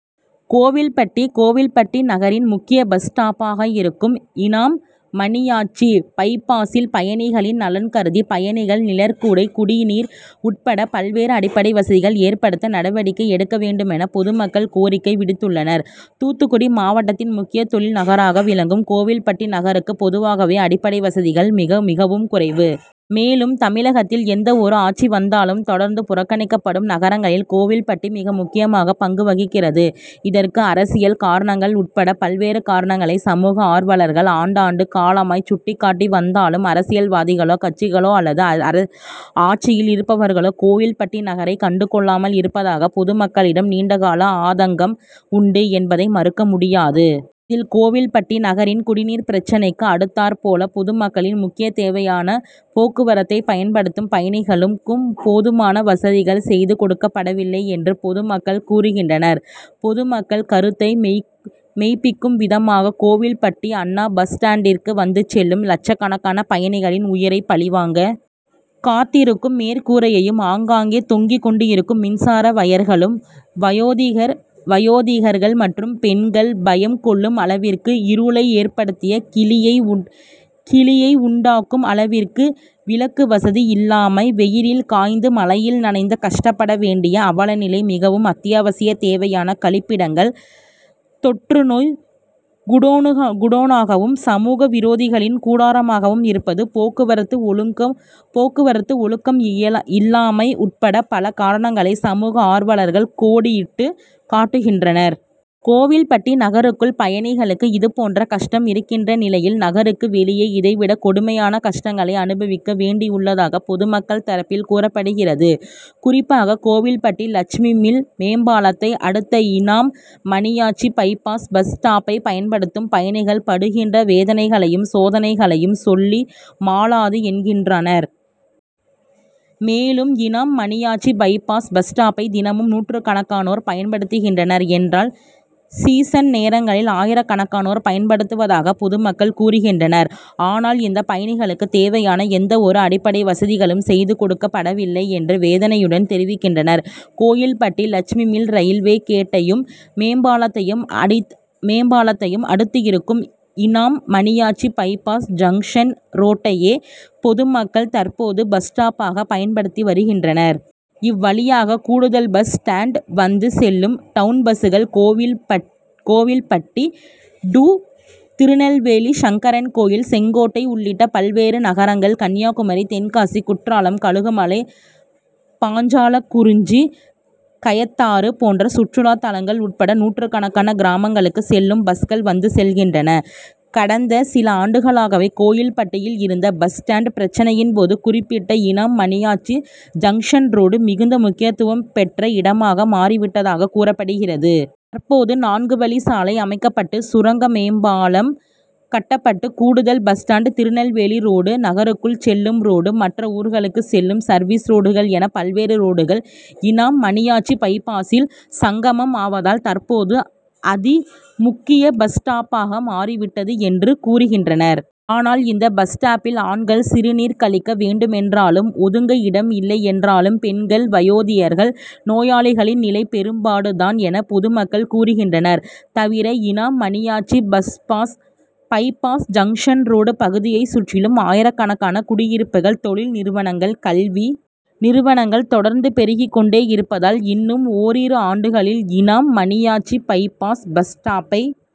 கோவில்பட்டி கோவில்பட்டி நகரின் முக்கிய பஸ் ஸ்டாப்பாக இருக்கும் இனாம் மணியாச்சி பைபாசில் பயணிகளின் நலன்கருதி பயணிகள் நிழற்குடை, குடிநீர் உட்பட பல்வேறு அடிப்படை வசதிகள் ஏற்படுத்த நடவடிக்கை எடுக்க வேண்டுமென பொதுமக்கள் கோரிக்கை விடுத்துள்ளனர். தூத்துக்குடி மாவட்டத்தின் முக்கிய தொழில் நகராக விளங்கும் கோவில்பட்டி நகருக்கு பொதுவாகவே அடிப்படை வசதிகள் மிகவும் குறைவு. மேலும் தமிழகத்தில் எந்தவொரு ஆட்சி வந்தாலும் தொடர்ந்து புறக்கணிக்கப்படும் நகரங்களில் கோவில்பட்டி மிக முக்கிய பங்கு வகிக்கிறது. இதற்கு அரசியல் காரணங்கள் உட் பட பல்வேறு காரணங்களை சமூக ஆர்வலர்கள் ஆண்டாண்டு காலமாய் சுட்டிக்காட்டி வந்தாலும் அரசியல்வாதிகளோ, கட்சிகளோ அல்லது ஆட்சியில் இருப்பவர்களோ கோவில்பட்டி நகரை கண்டுகொள்ளாமல் இருப்பதாக பொதுமக்களிடம் நீண்டகால ஆதங்கம் உண்டு என்பதை மறுக்க முடியாது. இதில் கோவில்பட்டி நகரின் குடிநீர் பிரச்னைக்கு அடுத்தாற்போல், பொதுமக்களின் முக்கிய தேவையான போக்குவரத்தை பயன்படுத்தும் பயணிகளுக்கு போதுமான வசதிகள் செய்து கொடுக்கப்படவில்லை என்று பொதுமக்கள் கூறுகின்றனர். பொதுமக்கள் கருத்தை மெய்பிக்கும் விதமாக கோவில்பட்டி அண்ணா பஸ் ஸ்டாண்டிற்கு வந்து செல்லும் லட்சக்கணக்கான பயணிகளின் உயிரை பலிவாங்க காத்திருக்கும் மேற்கூரையும், ஆங்காங்கே தொங்கிக் கொண்டிருக்கும் மின்சார வயர்களும், வயோதிகர்கள் மற்றும் பெண்கள் பயம் கொள்ளும் அளவிற்கு இருளை ஏற்படுத்தி கிலியை உண்டாக்கும் அளவிற்கு விளக்குவசதி இல்லாமை, வெயிலில் காய்ந்து, மழையில் நனைந்து கஷ்டப்பட வேண்டிய அவலநிலை, மிகவும் அத்தியாவசிய தேவையான கழிப்பிடங்கள் தொற்றுநோய் குடோனாகவும், சமூக விரோதிகளின் கூடாரமாகவும் இருப்பது, போக்குவரத்து ஒழுக்கம் இல்லாமை உட்பட பல காரணங்களை சமூக ஆர்வலர்கள் கோடிட்டு காட்டுகின்றனர். கோவில்பட்டி நகருக்குள் பயணிகளுக்கு இதுபோன்ற கஷ்டம் இருக்கிற நிலையில், நகருக்கு வெளியே இதைவிட கொடுமையான கஷ்டங்களை அனுபவிக்க வேண்டியுள்ளதாக பொதுமக்கள் தரப்பில் கூறப்படுகிறது. குறிப்பாக கோவில்பட்டி லட்சுமி மில் மேம்பாலத்தை அடுத்த இனாம் மணியாச்சி பைபாஸ் பஸ் ஸ்டாப்பை பயன்படுத்தும் பயணிகள் படுகின்ற வேதனைகளையும் சோதனைகளையும் சொல்லி மாளாது என்கின்றனர். மேலும் இனாம் மணியாச்சி பைபாஸ் பஸ் ஸ்டாப்பை தினமும் நூற்றுக்கணக்கானோர் பயன்படுத்துகின்றனர் என்றால், சீசன் நேரங்களில் ஆயிரக்கணக்கானோர் பயன்படுத்துவதாக பொதுமக்கள் கூறுகின்றனர். ஆனால் இந்த பயணிகளுக்கு தேவையான எந்தவொரு அடிப்படை வசதிகளும் செய்து கொடுக்கப்பட வில்லை என்று வேதனையுடன் தெரிவிக்கின்றனர். கோவில்பட்டி லட்சுமி மில் ரயில்வே கேட்டையும், மேல்பாலத்தையும் அடுத்திருக்கும் இனாம் மணியாச்சி பைபாஸ் ஜங்ஷன் ரோட்டையே பொதுமக்கள் தற்போது பஸ் ஸ்டாப்பாக பயன்படுத்தி வருகின்றனர். இவ்வழியாக கூடுதல் பஸ் ஸ்டாண்ட் வந்து செல்லும் டவுண்பஸ்கள், கோவில்பட்டி டூ திருநெல்வேலி, சங்கரன்கோவில், செங்கோட்டை உள்ளிட்ட பல்வேறு நகரங்கள், கன்னியாகுமரி, தென்காசி, குற்றாலம், கழுகுமலை, பாஞ்சாலங்குறிச்சி, கயத்தாறு போன்ற சுற்றுலாத்தலங்கள் உட்பட நூற்றுக்கணக்கான கிராமங்களுக்கு செல்லும் பஸ்கள் வந்து செல்கின்றன. கடந்த சில ஆண்டுகளாகவே கோவில்பட்டியில் இருந்த பஸ் ஸ்டாண்ட் பிரச்னையின் போது குறிப்பிட்ட இனாம் மணியாச்சி ஜங்ஷன் ரோடு மிகுந்த முக்கியத்துவம் பெற்ற இடமாக மாறிவிட்டதாக கூறப்படுகிறது. தற்போது நான்கு வழிச்சாலை அமைக்கப்பட்டு, சுரங்க மேம்பாலம் கட்டப்பட்டு கூடுதல் பஸ் ஸ்டாண்ட், திருநெல்வேலி ரோடு, நகருக்குள் செல்லும் ரோடு, மற்ற ஊர்களுக்கு செல்லும் சர்வீஸ் ரோடுகள் என பல்வேறு ரோடுகள் இனாம் மணியாச்சி பைபாசில் சங்கமம் ஆவதால் தற்போது அதிமுக்கிய பஸ் ஸ்டாப்பாக மாறிவிட்டது என்று கூறுகின்றனர். ஆனால் இந்த பஸ் ஸ்டாப்பில் ஆண்கள் சிறுநீர் கழிக்க வேண்டுமென்றாலும் ஒதுங்க இடம் இல்லையென்றால், பெண்கள், வயோதிகர்கள், நோயாளிகளின் நிலை பெரும்பாடு தான் என பொதுமக்கள் கூறுகின்றனர். தவிர Inam Maniyachi bypass junction road பகுதியை சுற்றிலும் ஆயிரக்கணக்கான குடியிருப்புகள், தொழில் நிறுவனங்கள், கல்வி நிறுவனங்கள் தொடர்ந்து பெருகிக் கொண்டே இருப்பதால் இன்னும் ஓரிரு ஆண்டுகளில் இனாம் மணியாச்சி பைபாஸ் பஸ் ஸ்டாப்பை